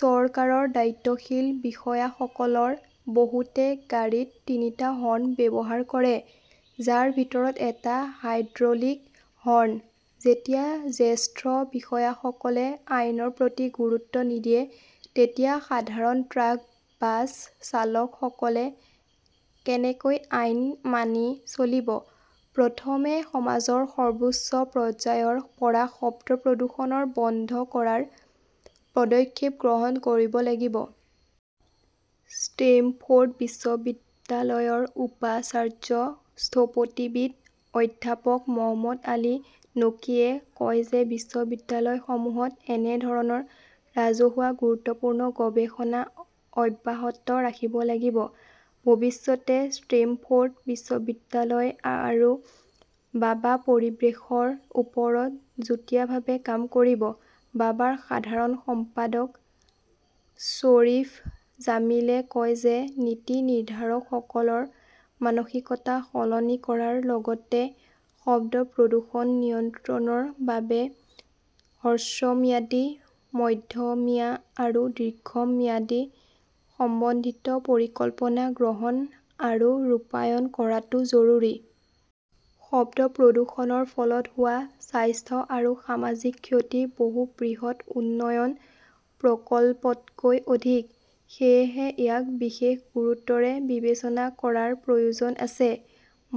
চৰকাৰৰ দায়িত্বশীল বিষয়াসকলৰ বহুতে গাড়ীত তিনিটা হৰ্ণ ব্যৱহাৰ কৰে, যাৰ ভিতৰত এটা হাইড্ৰলিক হৰ্ণ। যেতিয়া জ্যেষ্ঠ বিষয়াসকলে আইনৰ প্ৰতি গুৰুত্ব নিদিয়ে, তেতিয়া সাধাৰণ ট্ৰাক-বাছ চালকসকলে কেনেকৈ আইন মানি চলিব? প্ৰথমে সমাজৰ সৰ্বোচ্চ পৰ্যায়ৰ পৰা শব্দ প্ৰদূষণৰ বন্ধ কৰাৰ পদক্ষেপ গ্ৰহণ কৰিব লাগিব। ষ্টেমফৰ্ড বিশ্ববিদ্যালয়ৰ উপাচাৰ্য স্থপতিবিদ অধ্যাপক মহম্মদ আলী নকিয়ে কয় যে বিশ্ববিদ্যালয়সমূহত এনে ধৰণৰ ৰাজহুৱা গুৰুত্বপূৰ্ণ গৱেষণা অব্যাহত ৰাখিব লাগিব। ভৱিষ্যতে ষ্টেমফৰ্ড বিশ্ববিদ্যালয় আৰু বাবা পৰিৱেশৰ ওপৰত যুটীয়াভাৱে কাম কৰিব। বাবাৰ সাধাৰণ সম্পাদক শ্বৰীফ জামিলে কয় যে নীতি নিৰ্ধাৰকসকলৰ মানসিকতা সলনি কৰাৰ লগতে শব্দ প্ৰদূষণ নিয়ন্ত্ৰণৰ বাবে হ্ৰস্বম্যাদী, মধ্যমীয়া আৰু দীৰ্ঘম্যাদী সমন্বিত পৰিকল্পনা গ্ৰহণ আৰু ৰূপায়ণ কৰাটো জৰুৰী। শব্দ প্ৰদূষণৰ ফলত হোৱা স্বাস্থ্য আৰু সামাজিক ক্ষতি বহু বৃহৎ উন্নয়ন প্ৰকল্পতকৈ অধিক। সেয়েহে ইয়াক বিশেষ গুৰুত্বৰে বিবেচনা কৰাৰ প্ৰয়োজন আছে।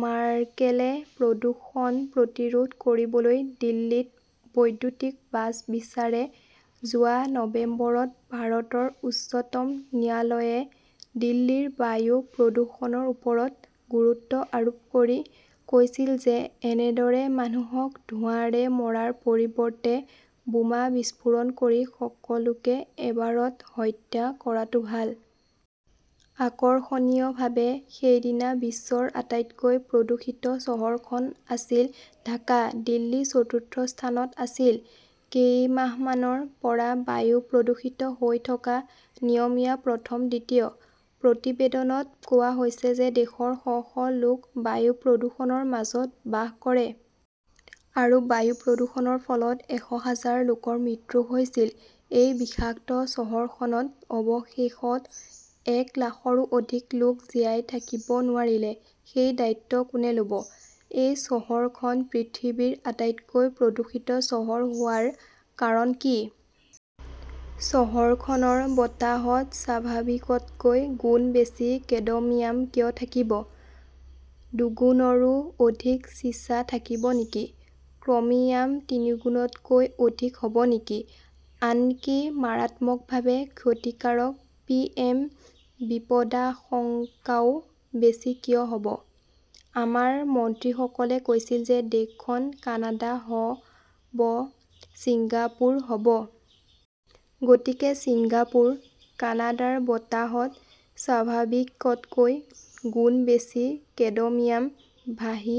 মাৰ্কেলে প্ৰদূষণ প্ৰতিৰোধ কৰিবলৈ দিল্লীত বৈদ্যুতিক বাছ বিচাৰে যোৱা নৱেম্বৰত ভাৰতৰ উচ্চতম ন্যায়ালয়ে দিল্লীৰ বায়ু প্ৰদূষণৰ ওপৰত গুৰুত্ব আৰোপ কৰি কৈছিল যে এনেদৰে মানুহক ধোঁৱাৰে মৰাৰ পৰিৱৰ্তে বোমা বিস্ফোৰণ কৰি সকলোকে এবাৰত হত্যা কৰাটো ভাল। আকৰ্ষণীয়ভাৱে, সেইদিনা বিশ্বৰ আটাইতকৈ প্ৰদূষিত চহৰখন আছিল ঢাকা। দিল্লী চতুৰ্থ স্থানত আছিল। কেইমাহমানৰ পৰা বায়ু প্ৰদূষিত হৈ থকা নিয়মীয়া প্ৰথম-দ্বিতীয় । প্ৰতিবেদনত কোৱা হৈছে যে দেশৰ শ -শ লোক বায়ু প্ৰদূষণৰ মাজত বাস কৰে। আৰু বায়ু প্ৰদূষণৰ ফলত এশ হাজাৰ লোকৰ মৃত্যু হৈছিল। এই বিষাক্ত চহৰখনত অৱশেষত এক লাখৰো অধিক লোক জীয়াই থাকিব নোৱাৰিলে সেই দায়িত্ব কোনে ল'ব? এই চহৰখন পৃথিৱীৰ আটাইতকৈ প্ৰদূষিত চহৰ হোৱাৰ কাৰণ কি? চহৰখনৰ বতাহত স্বাভাৱিকতকৈ গুণ বেছি কেডমিয়াম কিয় থাকিব? দুগুণৰো অধিক চিছা থাকিব নেকি? ক্ৰমিয়াম তিনিগুণতকৈ অধিক হ'ব নেকি? আনকি মাৰাত্মকভাৱে ক্ষতিকাৰক 'পিএম বিপদাশংকাও বেছি কিয় হ'ব? আমাৰ মন্ত্ৰীসকলে কৈছিল যে দেশখন কানাডা হ 'ব, ছিংগাপুৰ হ' ব। গতিকে ছিংগাপুৰ, কানাডাৰ বতাহত স্বাভাৱিকতকৈ গুণ বেছি কেডমিয়াম ভাহি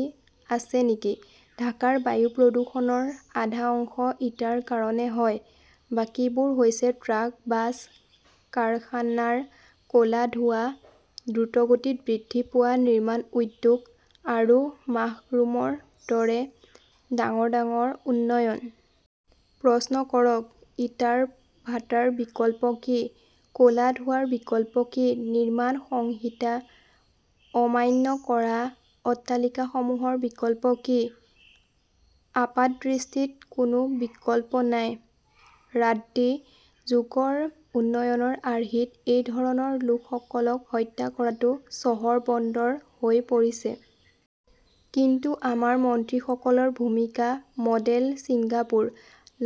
আছে নেকি? ঢাকাৰ বায়ু প্ৰদূষণৰ আধা অংশ ইটাৰ কাৰণে হয়। বাকীবোৰ হৈছে ট্ৰাক, বাছ, কাৰখানাৰ ক'লা ধোঁৱা, দ্ৰুতগতিত বৃদ্ধি পোৱা নিৰ্মাণ উদ্যোগ, আৰু মাশৰুমৰ দৰে ডাঙৰ ডাঙৰ উন্নয়ন। প্ৰশ্ন কৰক, ইটাৰ ভাটাৰ বিকল্প কি? ক'লা ধোঁৱাৰ বিকল্প কি? নিৰ্মাণ সংহিতা অমান্য কৰা অট্টালিকাসমূহৰ বিকল্প কি? আপাতদৃষ্টিত কোনো বিকল্প নাই। ৰাড্ডী যুগৰ উন্নয়নৰ আৰ্হিত এই ধৰণৰ লোকসকলক হত্যা কৰাটো চহৰ-বন্দৰ হৈ পৰিছে। কিন্তু আমাৰ মন্ত্ৰীসকলৰ ভূমিকা মডেল ছিংগাপুৰ,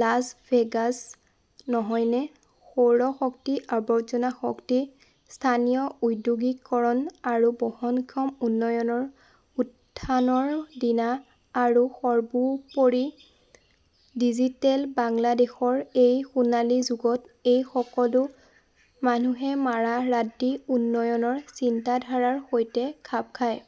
লাছ ভেগাছ নহয়নে? সৌৰ শক্তি, আৱৰ্জনা শক্তি, স্থানীয় ঔদ্যোগিকৰণ আৰু বহনক্ষম উন্নয়নৰ উত্থানৰ দিনা আৰু সৰ্বোপৰি 'ডিজিটেল' বাংলাদেশৰ এই 'সোণালী যুগত' এই সকলো মানুহে মাৰা ৰাড্ডী উন্নয়নৰ চিন্তাধাৰাৰ সৈতে খাপ খায়?